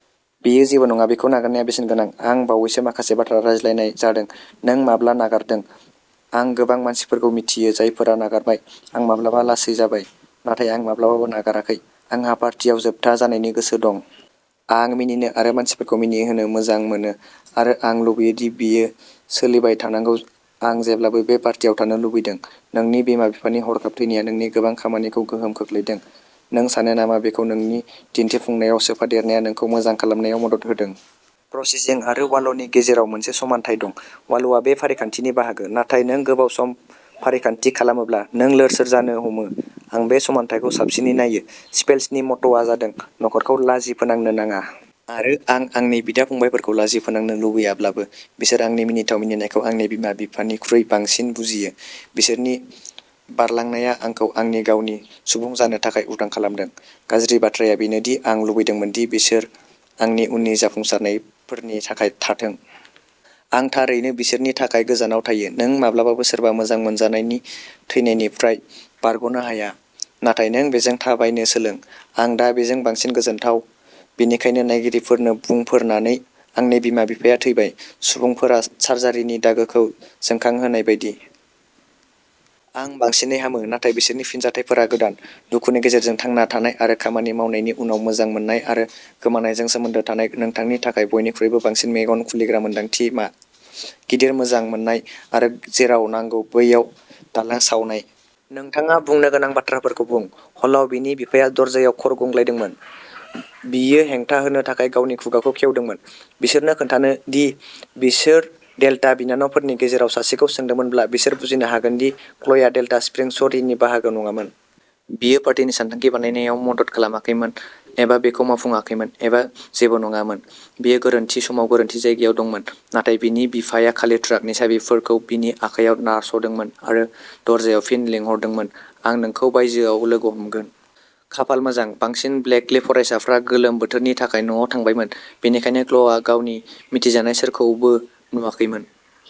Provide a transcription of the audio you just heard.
बेयो जेबो नङा। बेखौ नागारनाया बेसेनगोनां। आं बावैसो माखासे बाथ्रा रायज्लायनाय जादों, "नों माब्ला नागारदों? " आं गोबां मानसिफोरखौ मिथियो जायफोरा नागारबाय। आं माब्लाबा लासै जाबाय, नाथाय आं माब्लाबाबो नागाराखै। आंहा पार्टियाव जोबथा जानायनि गोसो दं। आं मिनिनो आरो मानसिफोरखौ मिनिहोनो मोजां मोनो, आरो आं लुबैयो दि बेयो सोलिबाय थानांगौ। आं जेब्लाबो बे पार्टियाव थानो लुबैदों। नोंनि बिमा-बिफानि हरखाब थैनाया नोंनि गोबां खामानिखौ गोहोम खोख्लैदों। नों सानो नामा बेखौ नोंनि दिन्थिफुंनायाव सोफादेरनाया नोंखौ मोजां खालामनायाव मदद होदों? प्रसेसिं आरो वाल'नि गेजेराव मोनसे समानथाय दं। वाल'आ बे फारिखान्थिनि बाहागो, नाथाय नों गोबाव सम फारिखान्थि खालामोब्ला, नों लोरसोर जानो हमो। आं बे समानथायखौ साबसिनै नायो। स्पेल्सनि म'ट'आ जादों "न'खरखौ लाजि फोनांनो नाङा। " आरो आं आंनि बिदा-फंबायफोरखौ लाजि फोनांनो लुबैयाब्लाबो, बिसोर आंनि मिनिथाव मिनिनायखौ आंनि बिमा-बिफानिख्रुइ बांसिन बुजियो। बिसोरनि बारलांनाया आंखौ आंनि गावनि सुबुं जानो थाखाय उदां खालामदों। गाज्रि बाथ्राया बेनो दि आं लुबैदोंमोन दि बिसोर आंनि उननि जाफुंसारनायफोरनि थाखाय थाथों। आं थारैनो बिसोरनि थाखाय गोजानाव थायो। नों माब्लाबाबो सोरबा मोजां मोनजानायनि थैनायनिफ्राय बारग'नो हाया, नाथाय नों बेजों थाबायनो सोलों। आं दा बेजों बांसिन गोजोनथाव, बेनिखायनो नायगिरिफोरनो बुंफोरनानै, "आंनि बिमा-बिफाया थैबाय", सुबुंफोरा सार्जारिनि दागोखौ जोंखांहोनाय बायदि। आं बांसिनै हामो नाथाय बिसोरनि फिनजाथायफोरा गोदान। दुखुनि गेजेरजों थांना थानाय आरो खामानि मावनायनि उनाव, मोजां मोननाय आरो गोमानायजों सोमोन्दो थानाय नोंथांनि थाखाय बयनिख्रुइबो बांसिन मेगन खुलिग्रा मोनदांथि मा? गिदिर मोजां मोन्नाय आरो जेराव नांगौ बैयाव दालां सावनाय। नोंथाङा बुंनो गोनां बाथ्राफोरखौ बुं। हलआव? बिनि बिफाया दरजायाव खर'गंग्लायदोंमोन। बियो हेंथा होनो थाखाय गावनि खुगाखौ खेवदोंमोन, बिसोरनो खोन्थानो दि बिसोर डेल्टा बिनानावफोरनि गेजेराव सासेखौ सोंदोंमोनब्ला, बिसोर बुजिनो हागोन दि क्ल'या डेल्टा स्प्रिं स'रीनि बाहागो नङामोन। बियो पार्टिनि सानथांखि बानायनायाव मदद खालामाखैमोन एबा बेखौ मावफुंआखैमोन एबा जेबो नङामोन। बियो गोरोन्थि समाव गोरोन्थि जायगायाव दंमोन। नाथाय बिनि बिफाया खालि ट्राकनि साबिफोरखौ बिनि आखायाव नारस'दोंमोन आरो दरजायाव फिन लिंहरदोंमोन। आं नोंखौ बायजोआव लोगो हमगोन। खाफाल मोजां, बांसिन ब्लेकली फरायसाफ्रा गोलोम बोथोरनि थाखाय न'आव थांबायमोन, बेनिखायनो क्ल'आ गावनि मिथिजानाय सोरखौबो नुवाखैमोन।